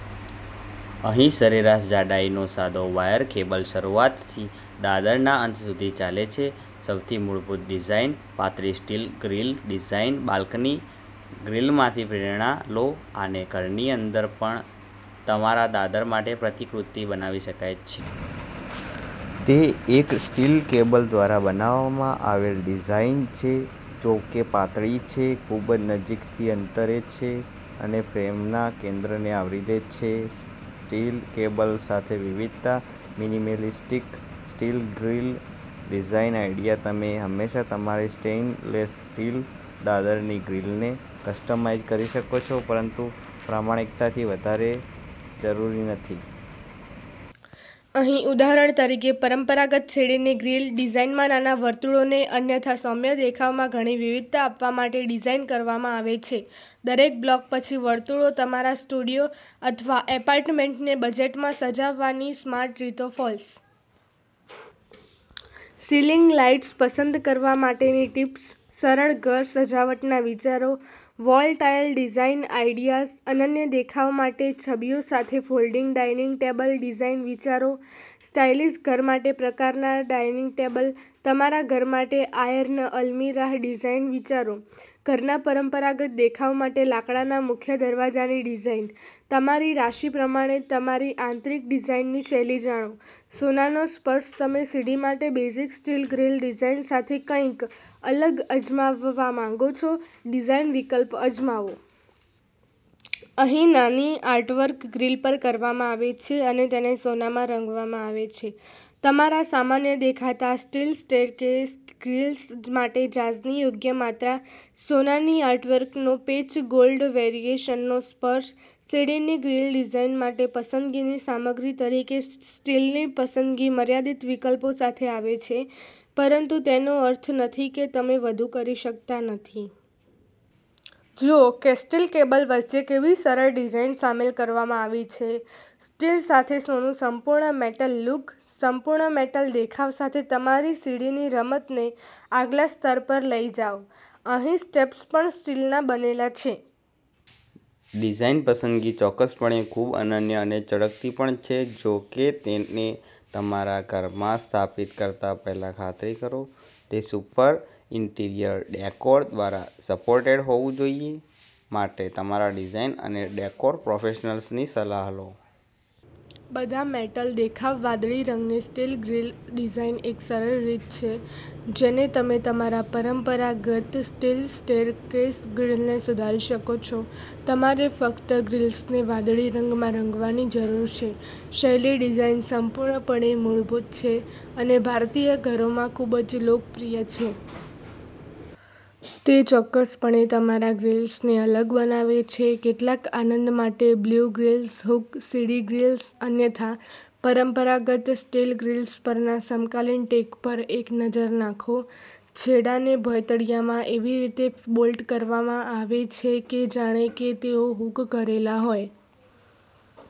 અહીં સરેરાશ જાડાઈનો સાદો વાયર/કેબલ શરૂઆતથી દાદરના અંત સુધી ચાલે છે. સૌથી મૂળભૂત ડિઝાઇન પાતળી સ્ટીલ ગ્રીલ ડિઝાઇન બાલ્કની ગ્રીલમાંથી પ્રેરણા લો. આને ઘરની અંદર પણ તમારા દાદર માટે પ્રતિકૃતિ બનાવી શકાય છે. તે એક સ્ટીલ કેબલ દ્વારા બનાવવામાં આવેલ ડિઝાઇન છે જો કેપાતળી છે, ખૂબ નજીકથી અંતરે છે અને ફ્રેમના કેન્દ્રને આવરી લે છે. સ્ટીલ કેબલ સાથે વિવિધતા minimalistic steel grill design idea તમે હંમેશા તમારી સ્ટેનલેસ સ્ટીલ દાદરની ગ્રીલને કસ્ટમાઇઝ કરી શકો છો પરંતુ પ્રમાણિકતાથી વધારે જરૂરી નથી. અહીં ઉદાહરણ તરીકે, પરંપરાગત સીડીની ગ્રીલ ડિઝાઇનમાં નાના વર્તુળોને અન્યથા સૌમ્ય દેખાવમાં ઘણી વિવિધતા આપવા માટે ડિઝાઇન કરવામાં આવે છે. દરેક બ્લોક પછી વર્તુળો તમારા સ્ટુડિયો અથવા એપાર્ટમેન્ટને બજેટમાં સજાવવાની સ્માર્ટ રીતો, ફોલ્સ સિલિંગ લાઇટ્સ પસંદ કરવા માટેની ટિપ્સ, સરળ ઘર સજાવટના વિચારો, વોલ ટાઇલ ડિઝાઇન આઇડિયાઝ અનન્ય દેખાવ માટે, છબીઓ સાથે ફોલ્ડિંગ ડાઇનિંગ ટેબલ ડિઝાઇન વિચારો, સ્ટાઇલિશ ઘર માટે પ્રકારના ડાઇનિંગ ટેબલ, તમારા ઘર માટે આયર્ન અલ્મિરાહ ડિઝાઇન વિચારો, ઘરના પરંપરાગત દેખાવ માટે લાકડાના મુખ્ય દરવાજાની ડિઝાઇન, તમારી રાશિ પ્રમાણે તમારી આંતરિક ડિઝાઇનની શૈલી જાણો, સોનાનો સ્પર્શ તમે સીડી માટે બેઝિક સ્ટીલ ગ્રીલ ડિઝાઇન સાથે કંઈક અલગ અજમાવવા માંગો છો, ડિઝાઇન વિકલ્પ અજમાવો. અહીં નાની આર્ટવર્ક ગ્રિલ પર કરવામાં આવે છે અને તેને સોનામાં રંગવામાં આવે છે. તમારા સામાન્ય દેખાતા સ્ટીલ સ્ટેરકેસ ગ્રિલ્સ માટે જાઝની યોગ્ય માત્રા. સોનાની આર્ટવર્કનો પેચ ગોલ્ડ વેરિએશનનો સ્પર્શ સીડીની ગ્રીલ ડિઝાઇન માટે પસંદગીની સામગ્રી તરીકે સ્ટીલની પસંદગી મર્યાદિત વિકલ્પો સાથે આવે છે પરંતુ તેનો અર્થ નથી કે તમે વધુ કરી શકતા નથી. જુઓ કેસ્ટીલ કેબલ વચ્ચે કેવી સરળ ડિઝાઇન સામેલ કરવામાં આવી છે. સ્ટીલ સાથે સોનું સંપૂર્ણ મેટલ લુક, સંપૂર્ણ મેટલ દેખાવ સાથે તમારી સીડીની રમતને આગલા સ્તર પર લઈ જાઓ. અહીં સ્ટેપ્સ પણ સ્ટીલના બનેલા છે. ડિઝાઇન પસંદગી ચોક્કસપણે ખૂબ અનન્ય અને ચળકતી પણ છે. જો કે તેને તમારા ઘરમાં સ્થાપિત કરતા પહેલા ખાતરી કરો. તે સુપર ઈન્ટીરીયર ડેકોર દ્વારા સપોર્ટેડ હોવું જોઈએ. માટે તમારા ડિઝાઇન અને ડેકોર પ્રોફેશનલ્સની સલાહ લો. બધા મેટલ દેખાવ વાદળી રંગની સ્ટીલ ગ્રીલ ડિઝાઇનએક સરળ રીત છે જેને તમે તમારા પરંપરાગત સ્ટીલ સ્ટેરકેસ ગ્રિલને સુધારી શકો છો. તમારે ફક્ત ગ્રિલ્સને વાદળી રંગમાં રંગવાની જરૂર છે. શૈલી, ડિઝાઇન સંપૂર્ણપણે મૂળભૂત છે અને ભારતીય ઘરોમાં ખૂબ લોકપ્રિય છે. તે ચોક્કસપણે તમારા ગ્રિલ્સને અલગ બનાવે છે. કેટલાક આનંદ માટે બ્લુ ગ્રિલ્સ હૂક, સીડી ગ્રિલ્સ અન્યથા પરંપરાગત સ્ટીલ ગ્રિલ્સ પરના સમકાલીન ટેક પર એક નજર નાખો. છેડાને ભોંયતળિયામાં એવી રીતે બોલ્ટ કરવામાં આવે છે કે જાણે કે તેઓ હૂક કરેલા હોય.